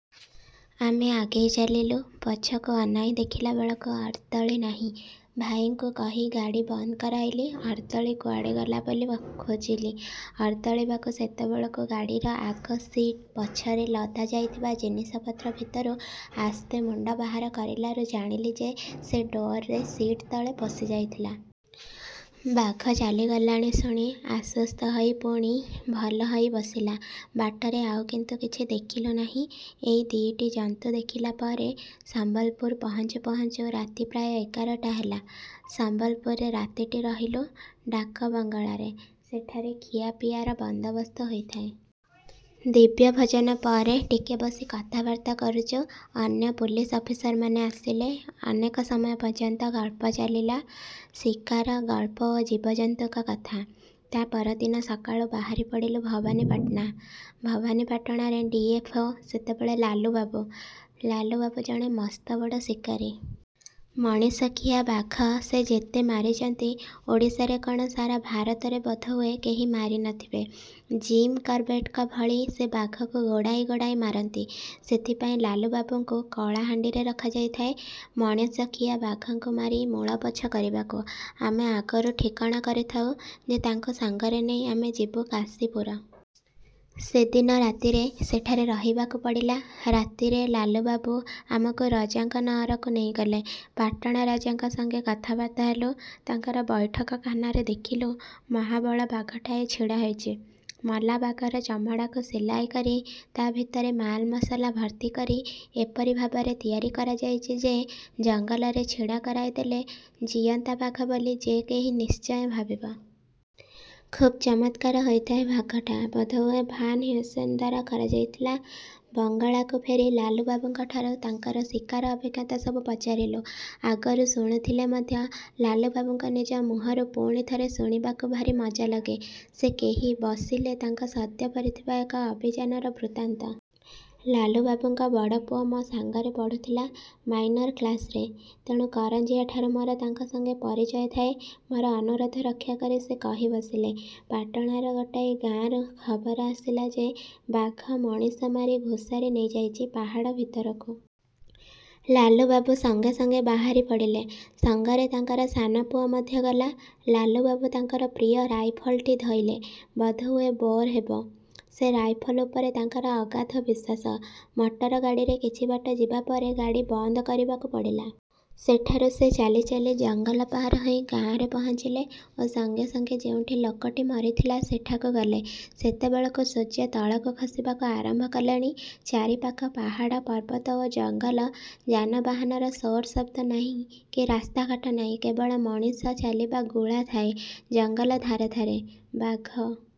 ଆମେ ଆଗେଇ ଚାଲିଲୁ। ପଛକୁ ଅନାଇ ଦେଖିଲା ବେଳକୁ ଅର୍ଦ୍ଦଳି ନାହିଁ। ଭାଇଙ୍କୁ କହି ଗାଡ଼ି ବନ୍ଦ କରାଇଲି ଓ ଅର୍ଦ୍ଦଳି କୁଆଡ଼େ ଗଲା ବୋଲି ଖୋଜିଲି। ଅର୍ଦ୍ଦଳିବାବୁ ସେତେବେଳକୁ ଗାଡ଼ିର ଆଗ ସିଟ୍ ପଛରେ ଲଦା ଯାଇଥିବା ଜିନିଷପତ୍ର ଭିତରୁ ଆସ୍ତେ ମୁଣ୍ଡ ବାହାର କରିଲାରୁ ଜାଣିଲି ଯେ ସେ ଡରରେ ସିଟ୍ ତଳେ ପଶିଯାଇଥିଲା। ବାଘ ଚାଲିଗଲାଣି ଶୁଣି ଆଶ୍ୱସ୍ତ ହୋଇ ପୁଣି ଭଲ ହୋଇ ବସିଲା। ବାଟରେ ଆଉ କିନ୍ତୁ କିଛି ଦେଖିଲୁ ନାହିଁ। ଏ ଦିଓଟି ଜନ୍ତୁ ଦେଖିଲା ପରେ ସମ୍ୱଲପୁର ପହଞ୍ଚୁ ପହଞ୍ଚୁ ରାତି ପ୍ରାୟ ଏଗାରଟା ହେଲା। ସମ୍ୱଲପୁରରେ ରାତିଟି ରହିଲୁ ଡାକବଙ୍ଗଳାରେ। ସେଠାରେ ଖିଆପିଆର ବନ୍ଦାବସ୍ତ ହୋଇଥାଏ। ଦିବ୍ୟ ଭୋଜନ ପରେ ଟିକେ ବସି କଥାବାର୍ତ୍ତା କରୁଛୁ ଅନ୍ୟ ପୁଲିସ ଅଫିସରମାନେ ଆସିଲେ। ଅନେକ ସମୟ ପର୍ଯ୍ୟନ୍ତ ଗଳ୍ପ ଚାଳିଲା–ଶିକାର ଗଳ୍ପ ଓ ଜୀବଜନ୍ତୁଙ୍କ କଥା। ତା' ପରଦିନ ସକାଳୁ ବାହାରି ପଡ଼ିଲୁ ଭବାନୀପାଟଣା। ଭବାନୀପାଟଣାର ଡ଼ି. ଏଫ. ଓ. ସେତେବେଳେ ଲାଲୁବାବୁ। ଲାଲୁବାବୁ ଜଣେ ମସ୍ତବଡ଼ ଶିକାରୀ। ମଣିଷଖିଆ ବାଘ ସେ ଯେତେ ମାରିଛନ୍ତି ଓଡ଼ିଶାରେ କ'ଣ ସାରା ଭାରତରେ ବୋଧହୁଏ କେହି ମାରି ନ ଥିବେ। ଜିମ୍ କରବେଟଙ୍କ ଭଳି ସେ ବାଘକୁ ଗୋଡ଼ାଇ ଗୋଡ଼ାଇ ମାରନ୍ତି। ସେଥିପାଇଁ ଲାଲୁବାବୁଙ୍କୁ କଳାହାଣ୍ଡିରେ ରଖାଯାଇଥାଏ–ମଣିଷଖିଆ ବାଘଙ୍କୁ ମାରି ମୂଳପୋଛ କରିବାକୁ। ଆମେ ଆଗରୁ ଠିକଣା କରିଥାଉଁ ଯେ ତାଙ୍କୁ ସଙ୍ଗରେ ନେଇ ଆମେ ଯିବୁ କାଶୀପୁର। ସେଦିନ ରାତିରେ ସେଠାରେ ରହିବାକୁ ପଡ଼ିଲା। ରାତିରେ ଲାଲୁବାବୁ ଆମକୁ ରଜାଙ୍କ ନଅରକୁ ନେଇଗଲେ। ପାଟଣା ରାଜାଙ୍କ ସଙ୍ଗେ କଥାବାର୍ତ୍ତା ହେଲୁ। ତାଙ୍କର ବୈଠକଖାନାରେ ଦେଖିଲୁ ମହାବଳ ବାଘଟାଏ ଛିଡ଼ା ହୋଇଛି। ମଲା ବାଘର ଚମଡ଼ାକୁ ସିଲାଇ କରି ତା' ଭିତରେ ମାଲମସଲା ଭର୍ତ୍ତି କରି ଏପରି ଭାବରେ ତିଆରି କରାଯାଇଛି ଯେ ଜଙ୍ଗଲରେ ଛିଡ଼ା କରାଇ ଦେଲେ ଜୀଅନ୍ତା ବାଘ ବୋଲି ଯେ କେହି ନିଶ୍ଚୟ ଭାବିବ। ଖୁବ୍ ଚମତ୍କାର ହୋଇଥାଏ ବାଘଟା। ବୋଧହୁଏ ଭାନ୍ ହ୍ୟୁସେନ ଦ୍ୱାରା କରାଯାଇଥିଲା। ବଙ୍ଗଳାକୁ ଫେରି ଳାଲୁବାବୁଙ୍କଠାରୁ ତାଙ୍କର ଶିକାର ଅଭିଜ୍ଞତା ସବୁ ପଚାରିଲୁ। ଆଗରୁ ଶୁଣିଥିଲେ ମଧ୍ୟ ଲାଲୁବାବୁଙ୍କ ନିଜ ମୁହଁରୁ ପୁଣି ଥରେ ଶୁଣିବାକୁ ଭାରି ମଜା ଲାଗେ। ସେ କହି ବସିଲେ, ତାଙ୍କ ସଦ୍ୟ ଫେରିଥିବା ଏକ ଅଭିଯାନର ବୃତ୍ତାନ୍ତ। ଲାଲୁବାବୁଙ୍କ ବଡ଼ ପୁଅ ମୋ ସାଙ୍ଗରେ ପଢ଼ୁଥିଲା–ମାଇନର କ୍ଲାସରେ। ତେଣୁ କରଂଜିଆଠାରୁ ମୋର ତାଙ୍କ ସଙ୍ଗେ ପରିଚୟ ଥାଏ। ମୋର ଅନୁରୋଧ ରକ୍ଷାକରି ସେ କହି ବସିଲେ– ପାଟଣାର ଗୋଟାଏ ଗାଁରୁ ଖବର ଆସିଲା ଯେ ବାଘ ମଣିଷ ମାରି ଘୋଷାରି ନେଇଯାଇଛି ପାହାଡ଼ ଭିତରକୁ। ଲାଲୁବାବୁ ସଙ୍ଗେ ସଙ୍ଗେ ବାହାରି ପଡ଼ିଲେ। ସଙ୍ଗରେ ତାଙ୍କର ସାନ ପୁଅ ମଧ୍ୟ ଗଲା। ଲାଲୁବାବୁ ତାଙ୍କର ପ୍ରିୟ ରାଇଫଲଟି ଧଇଲେ–ବୋଧହୁଏ. ବୋର ହେବ। ସେ ରାଇଫଲ ଉପରେ ତାଙ୍କର ଅଗାଧ ବିଶ୍ୱାସ। ମଟର ଗାଡ଼ିରେ କିଛି ବାଟ ଯିବା ପରେ ଗାଡ଼ି ବନ୍ଦ କରିବାକୁ ପଡ଼ିଲା। ସେଠାରୁ ସେ ଚାଲି ଚାଲି ଜଙ୍ଗଲ ପାର ହୋଇ ଗାଁରେ ପହଞ୍ଚିଲେ ଓ ସଙ୍ଗେ ସଙ୍ଗେ ଯେଉଁଠି ଲୋକଟି ମରିଥିଲା ସେଠାକୁ ଗଲେ। ସେତେବେଳକୁ ସୂର୍ଯ୍ୟ ତଳକୁ ଖସିବାକୁ ଆରମ୍ଭ କଲେଣି। ଚାରିପାଖ ପାହାଡ଼ ପର୍ବତ ଓ ଜଙ୍ଗଲ। ଯାନବାହାନର ସୋରଶବ୍ଦ ନାହିଁ କି ରାସ୍ତାଘାଟ ନାହିଁ।। କେବଳ ମଣିଷ ଚାଳିବା ଗୁଳା ଥାଏ ଜଙ୍ଗଲ ଧାରେ ଧାରେ। ବାଘ